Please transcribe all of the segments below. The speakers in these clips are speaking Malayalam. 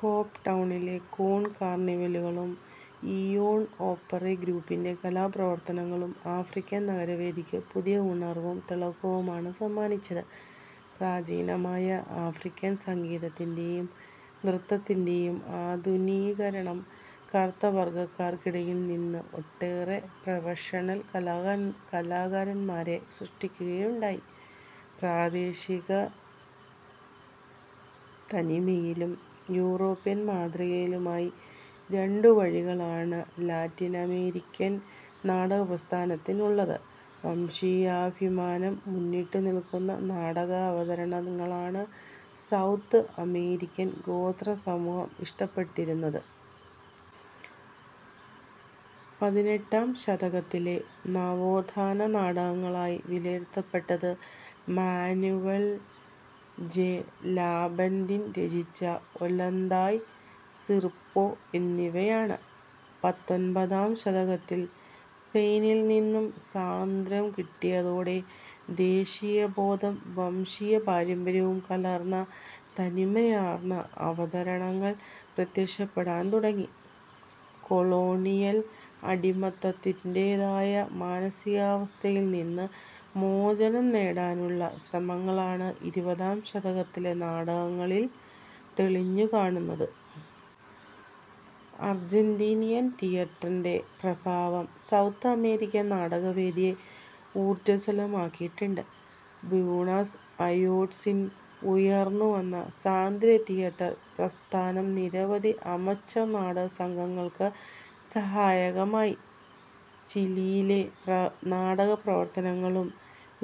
കേപ് ടൌണിലെ കൂൺ കാർണിവലുകളും ഇയോൺ ഓപ്പറെ ഗ്രൂപ്പിന്റെ കലാപ്രവർത്തനങ്ങളും ആഫ്രിക്കൻ നാടകവേദിക്ക് പുതിയ ഉണർവും തിളക്കവുമാണ് സമ്മാനിച്ചത്. പ്രാചീനമായ ആഫ്രിക്കൻ സംഗീതത്തിന്റെയും നൃത്തത്തിന്റെയും ആധുനികരണം കറുത്തവർഗക്കാർക്കിടയിൽനിന്ന് ഒട്ടേറെ പ്രൊഫഷണൽ കലാകാരന്മാരെ സൃഷ്ടിക്കുകയുണ്ടായി. പ്രാദേശികത്തനിമയിലും യൂറോപ്യൻ മാതൃകയിലുമായി രണ്ട് വഴികളാണ് ലാറ്റിനമേരിക്കൻ നാടകപ്രസ്ഥാനത്തിനുള്ളത്. വംശീയാഭിമാനം മുന്നിട്ടു നില്ക്കുന്ന നാടകാവതരണങ്ങളാണ് സൗത്ത് അമേരിക്കൻ ഗോത്രസമൂഹം ഇഷ്ടപ്പെട്ടിരുന്നത്. പതിനെട്ടാം ശതകത്തിലെ നവോത്ഥാന നാടകങ്ങളായി വിലയിരുത്തപ്പെട്ടത് മാനുവൽ ജെ. ലാബർദിൻ രചിച്ച ഒല്ലന്തായ്, സിറിപ്പോ എന്നിവയാണ്. പത്തൊൻപതാം ശതകത്തിൽ സ്പെയിനിൽ നിന്ന് സ്വാതന്ത്യ്രം കിട്ടിയതോടെ, ദേശീയബോധവും വംശീയപാരമ്പര്യവും കലർന്ന തനിമയാർന്ന അവതരണങ്ങൾ പ്രത്യക്ഷപ്പെടാൻ തുടങ്ങി. കൊളോണിയൽ അടിമത്തത്തിന്റേതായ മാനസികാവസ്ഥയിൽ നിന്ന് മോചനം നേടാനുള്ള ശ്രമങ്ങളാണ് ഇരുപതാം ശതകത്തിലെ നാടകങ്ങളിൽ തെളിഞ്ഞു കാണുന്നത്. അർജന്റീനിയൻ തിയേറ്ററിന്റെ പ്രഭാവം, സൗത്ത് അമേരിക്കൻ നാടകവേദിയെ ഊർജസ്വലമാക്കിയിട്ടുണ്ട്. ബ്യൂണസ് അയേഴ്സിൽ ഉയർന്നുവന്ന സ്വതന്ത്ര തിയേറ്റർ പ്രസ്ഥാനം നിരവധി അമച്വർ നാടകസംഘങ്ങൾക്ക് സഹായകമായി. ചിലിയിലെ നാടകപ്രവർത്തനങ്ങളും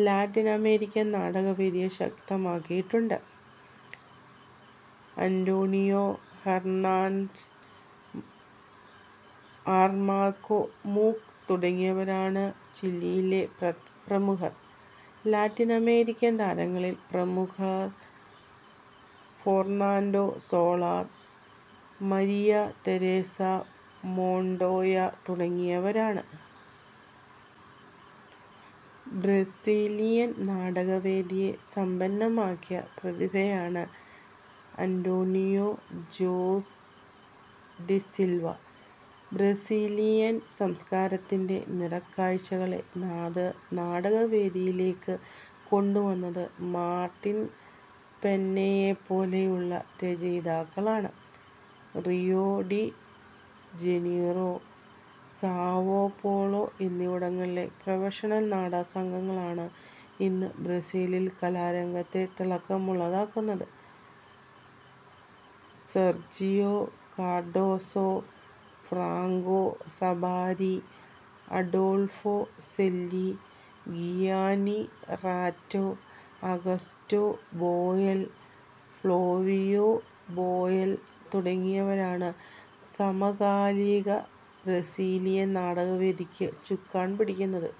ലാറ്റിൻ-അമേരിക്കൻ നാടകവേദിയെ ശക്തമാക്കിയിട്ടുണ്ട്. ആന്റോണിയോ ഹെർനാന്റസ്, അർമാന്റോ മൂക്ക് തുടങ്ങിയവരാണ് ചിലിയിലെ പ്രമുഖർ. ലാറ്റിനമേരിക്കൻ താരങ്ങളിൽ പ്രമുഖർ Fernando Soler, Maria Teresa Montoya തുടങ്ങിയവരാണ്. ബ്രസീലിയൻ നാടകവേദിയെ സമ്പന്നമാക്കിയ പ്രതിഭയാണ് അന്റോണിയോ ജോസ് ഡിസിൽവ. ബ്രസീലിയൻ സംസ്കാരത്തിന്റെ നിറക്കാഴ്ചകളെ നാടകവേദിയിലേക്ക് കൊണ്ടുവന്നത് മാർട്ടിൻസ്പെന്നയെപ്പോലെയുള്ള രചയിതാക്കളാണ്. റിയോ-ഡി-ജനീറോ, സാവോപോളോ എന്നിവിടങ്ങളിലെ പ്രൊഫഷണൽ നാടകസംഘങ്ങളാണ് ഇന്ന് ബ്രസീലിയൻ കലാരംഗത്തെ തിളക്കമുള്ളതാക്കുന്നത്. Sergio Cardoso, Franco Zampari, Adolfo Celi, Gianni Ratto, Augusto Boal, Flavio Boal തുടങ്ങിയവരാണ് സമകാലിക ബ്രസീലിയൻ നാടകകവേദിക്ക് ചുക്കാൻ പിടിക്കുന്നത്.